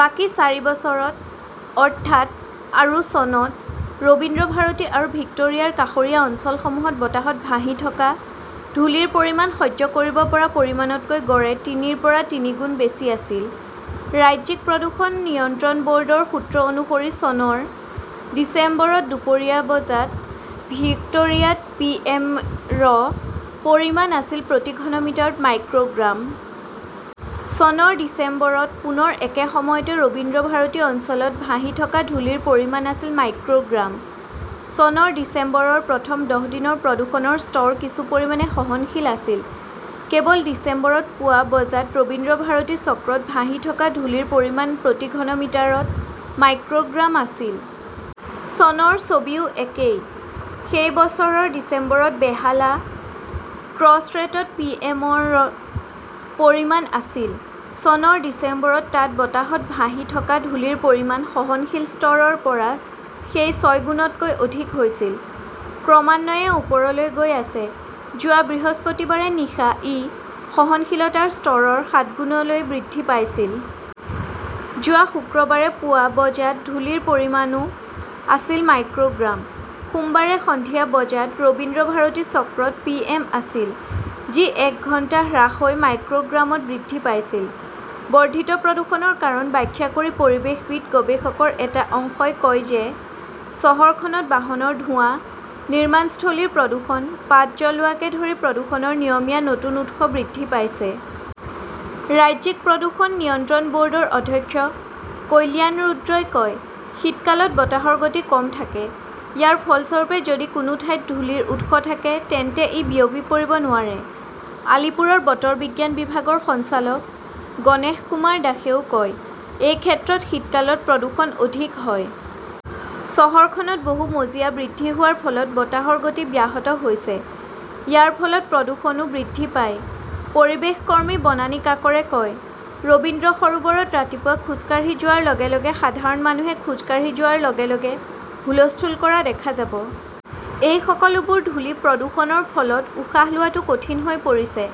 বাকী চাৰি বছৰত, অৰ্থাৎ, আৰু চনত, ৰবীন্দ্ৰভাৰতী আৰু ভিক্টোৰিয়াৰ কাষৰীয়া অঞ্চলসমূহত বতাহত ভাহি থকা ধূলিৰ পৰিমাণ সহ্য কৰিব পৰা পৰিমাণতকৈ গড়ে তিনিৰ পৰা তিনিগুণ বেছি আছিল। ৰাজ্যিক প্ৰদূষণ নিয়ন্ত্ৰণ ব "ৰ্ডৰ সূত্ৰ অনুসৰি চনৰ ডিচেম্বৰত দুপৰীয়া বজাত ভিক্টোৰিয়াত পিএম ৰ পৰিমাণ আছিল প্ৰতি ঘনমিটাৰত মাইক্ৰ" গ্ৰাম। চনৰ ডিচেম্বৰত পুনৰ একে সময়তে ৰবীন্দ্ৰভাৰতী অঞ্চলত ভাহি থকা ধূলিৰ পৰিমাণ আছিল মাইক্ৰ "গ্ৰাম। চনৰ ডিচেম্বৰৰ প্ৰথম দহ দিনৰ প্ৰদূষণৰ স্তৰ কিছু পৰিমাণে সহনশীল আছিল। কেৱল ডিচেম্বৰত পুৱা বজাত ৰবীন্দ্ৰভাৰতী চক্ৰত ভাহি থকা ধূলিৰ পৰিমাণ প্ৰতি ঘনমিটাৰত মাইক্ৰ "গ্ৰাম আছিল। চনৰ ছবিও একেই। সেই বছৰৰ ডিচেম্বৰত বেহালা ক্ৰছৰেটত পিএম ৰ পৰিমাণ আছিল। চনৰ ডিচেম্বৰত তাত বতাহত ভাহি থকা ধূলিৰ পৰিমাণ সহনশীল স্তৰৰ পৰা সেই ছয়গুণতকৈ অধিক হৈছিল, ক্ৰমান্বয়ে ওপৰলৈ গৈ আছে। যোৱা বৃহস্পতিবাৰে নিশা ই সহনশীলতাৰ স্তৰৰ সাতগুণলৈ বৃদ্ধি পাইছিল! যোৱা শুক্ৰবাৰে পুৱা বজাত ধূলিৰ পৰিমাণও আছিল মাইক্ৰ "গ্ৰাম। সোমবাৰে সন্ধিয়া বজাত ৰবীন্দ্ৰভাৰতী চক্ৰত পিএম আছিল, যি এক ঘণ্টা হ্ৰাস হৈ মাইক্ৰ "গ্ৰামত বৃদ্ধি পাইছিল! বৰ্ধিত প্ৰদূষণৰ কাৰণ ব্যাখ্যা কৰি পৰিৱেশবিদ-গৱেষকৰ এটা অংশই কয় যে চহৰখনত বাহনৰ ধোঁৱা, নিৰ্মাণস্থলীৰ প্ৰদূষণ, পাত জ্বলোৱাকে ধৰি প্ৰদূষণৰ নিয়মীয়া নতুন উৎস বৃদ্ধি পাইছে। ৰাজ্যিক প্ৰদূষণ নিয়ন্ত্ৰণ ব "ৰ্ডৰ অধ্যক্ষ কল্যাণ ৰুদ্ৰই কয়", শীতকালত বতাহৰ গতি কম থাকে। ইয়াৰ ফলস্বৰূপে, যদি কোনো ঠাইত ধূলিৰ উৎস থাকে তেন্তে ই বিয়পি পৰিব নোৱাৰে। "আলিপুৰৰ বতৰ বিজ্ঞান বিভাগৰ সঞ্চালক গণেশকুমাৰ দাসেও কয়", "এই ক্ষেত্ৰত শীতকালত প্ৰদূষণ অধিক হয়। " চহৰখনত বহু মজিয়া বৃদ্ধি হোৱাৰ ফলত বতাহৰ গতি ব্যাহত হৈছে। ইয়াৰ ফলত প্ৰদূষণও বৃদ্ধি পায়। "পৰিৱেশ কৰ্মী বনানী কাকৰে কয়", ৰবীন্দ্ৰ সৰোবৰত ৰাতিপুৱা খোজ কাঢ়ি যোৱাৰ লগে লগে সাধাৰণ মানুহে খোজ কাঢ়ি যোৱাৰ লগে লগে হুলস্থুল কৰা দেখা যাব। এই সকলোবোৰ ধূলি-প্ৰদূষণৰ ফলত উশাহ লোৱাটো কঠিন হৈ পৰিছে,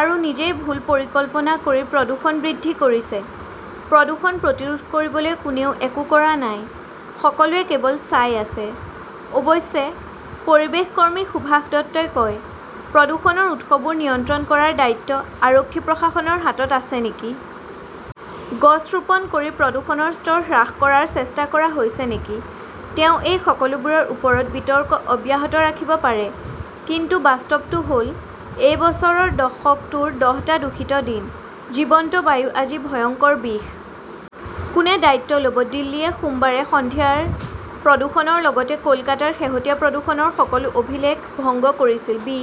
আৰু নিজেই ভুল পৰিকল্পনা কৰি প্ৰদূষণ বৃদ্ধি কৰিছে। প্ৰদূষণ প্ৰতিৰোধ কৰিবলৈ কোনেও একো কৰা নাই। সকলোৱে কেৱল চাই আছে! "অৱশ্যে, পৰিৱেশ কৰ্মী সুভাষ দত্তই কয়", প্ৰদূষণৰ উৎসবোৰ নিয়ন্ত্ৰণ কৰাৰ দায়িত্ব আৰক্ষী-প্ৰশাসনৰ হাতত আছে নেকি? গছ ৰোপণ কৰি প্ৰদূষণৰ স্তৰ হ্ৰাস কৰাৰ চেষ্টা কৰা হৈছে নেকি? "তেওঁ এই সকলোবোৰৰ ওপৰত বিতৰ্ক অব্যাহত ৰাখিব পাৰে। কিন্তু বাস্তৱটো হ "ল, এই বছৰৰ দশকটোৰ দহটা দূষিত দিন! জীৱন্ত বায়ু আজি ভয়ংকৰ বিষ! কোনে দায়িত্ব ল 'ব দিল্লীয়ে সোমবাৰে সন্ধিয়াৰ প্ৰদূষণৰ লগতে কলকাতাৰ শেহতীয়া প্ৰদূষণৰ সকলো অভিলেখ ভংগ কৰিছিল। বি.